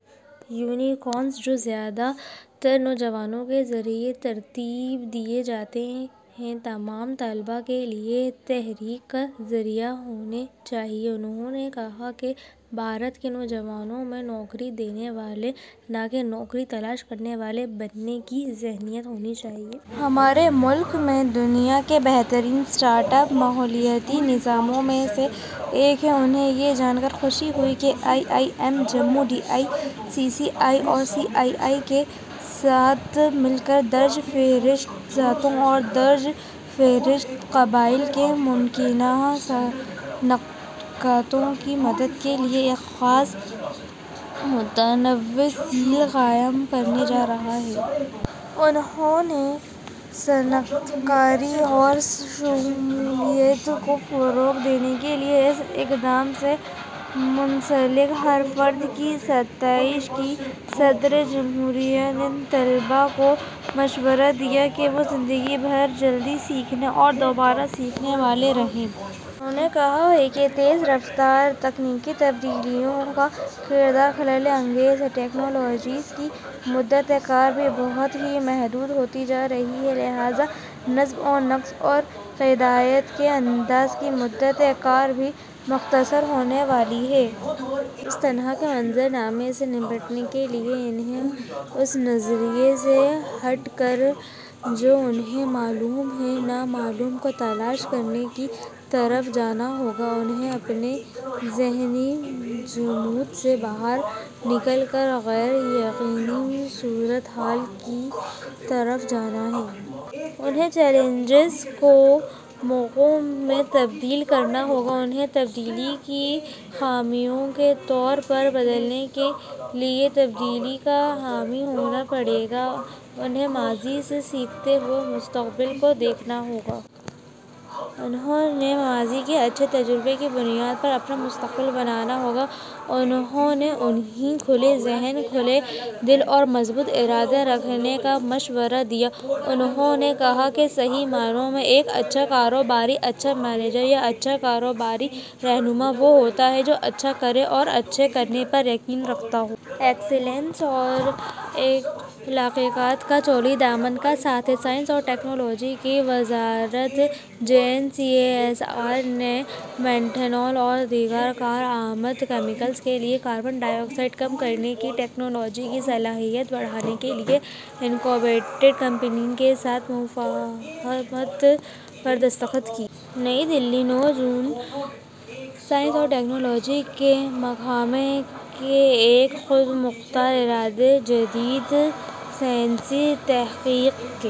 Unicorns, جو زیادہ تر نوجوانوں کے ذریعے ترتیب دیے جاتے ہیں، تمام طلباء کے لیے تحریک کا ذریعہ ہونے چاہئیں۔ انہوں نے کہا کہ بھارت کے نوجوانوں میں نوکری دینے والے، نہ کہ نوکری تلاش کرنے والے، بننے کی ذہنیت ہونی چاہیے۔ ہمارے ملک میں دنیا کے بہترین اسٹارٹ اپ ماحولیاتی نظاموں میں سے ایک ہے۔ انہیں یہ جان کر خوشی ہوئی کہ I I M Jammu, D I C C I اور سی آئی آئی کے ساتھ مل کر درج فہرست ذاتوں اور درج فہرست قبائل کے ممکنہ صنعت کاروں کی مدد کے لیے ایک خصوصی متنوع سیل قائم کرنے جا رہا ہے۔ انہوں نے صنعت کاری اور شمولیت کو فروغ دینے کے لیے اس اقدام سے منسلک ہر فرد کی ستائش کی۔ صدر جمہوریہ نے طلباء کو مشورہ دیا کہ وہ زندگی بھر جلدی سیکھنے اور دوبارہ سیکھنے والے رہیں۔ انہوں نے کہا کہ تیز رفتار تکنیکی تبدیلیوں کا کردار خلل انگیز ہے۔ ٹیکنالوجیوں کی مدت کار بھی بہت ہی محدود ہوتی جا رہی ہے۔ لہٰذا، نظم و نسق اور قیادت کے انداز کی مدت کار بھی مختصر ہونے والی ہے۔ اس طرح کے منظرنامے سے نمٹنے کے لیے انہیں اس نظریے سے ہٹ کر جو انہیں معلوم ہے، نامعلوم کو تلاش کرنے کی طرف جانا ہوگا۔ انہیں اپنے ذہنی جمود سے باہر نکل کر غیر یقینی صورت حال کی طرف جانا ہے۔ انہیں چیلنجز کو مواقع میں تبدیل کرنا ہوگا۔ انہیں تبدیلی کے حامیوں کے طور پر بدلنے کے لیے تبدیلی کا حامی ہونا پڑے گا۔ انہیں ماضی سے سیکھتے ہوئے مستقبل کو دیکھنا ہوگا۔ انہیں ماضی کے اچھے تجربے کی بنیاد پر اپنا مستقبل بنانا ہوگا۔ انہوں نے انہیں کھلے ذہن، کھلے دل اور مضبوط ارادہ رکھنے کا مشورہ دیا۔ انہوں نے کہا کہ صحیح معنی میں ایک اچھا کاروباری، اچھا مینیجر یا اچھا کاروباری رہنما وہ ہوتا ہے جو اچھا کرے اور اچھا کرنے پر یقین رکھتا ہو۔ ایکسیلنس اور اخلاقیات کا چولی دامن کا ساتھ ہے۔ سائنس اور ٹیکنالوجی کی وزارت، J N C A S R نے میتھنول اور دیگر کارآمد کیمیکلز کے لیے کاربن ڈائی آکسائیڈ کم کرنے کی ٹیکنالوجی کی صلاحیت بڑھانے کے لیے انکیوبیٹڈ کمپنی کے ساتھ مفاہمت پر دستخط کیے۔ نئی دہلی، نو جون۔ سائنس اور ٹیکنالوجی کے محکمے کے ایک خود مختار ادارے، جدید سائنسی تحقیق کے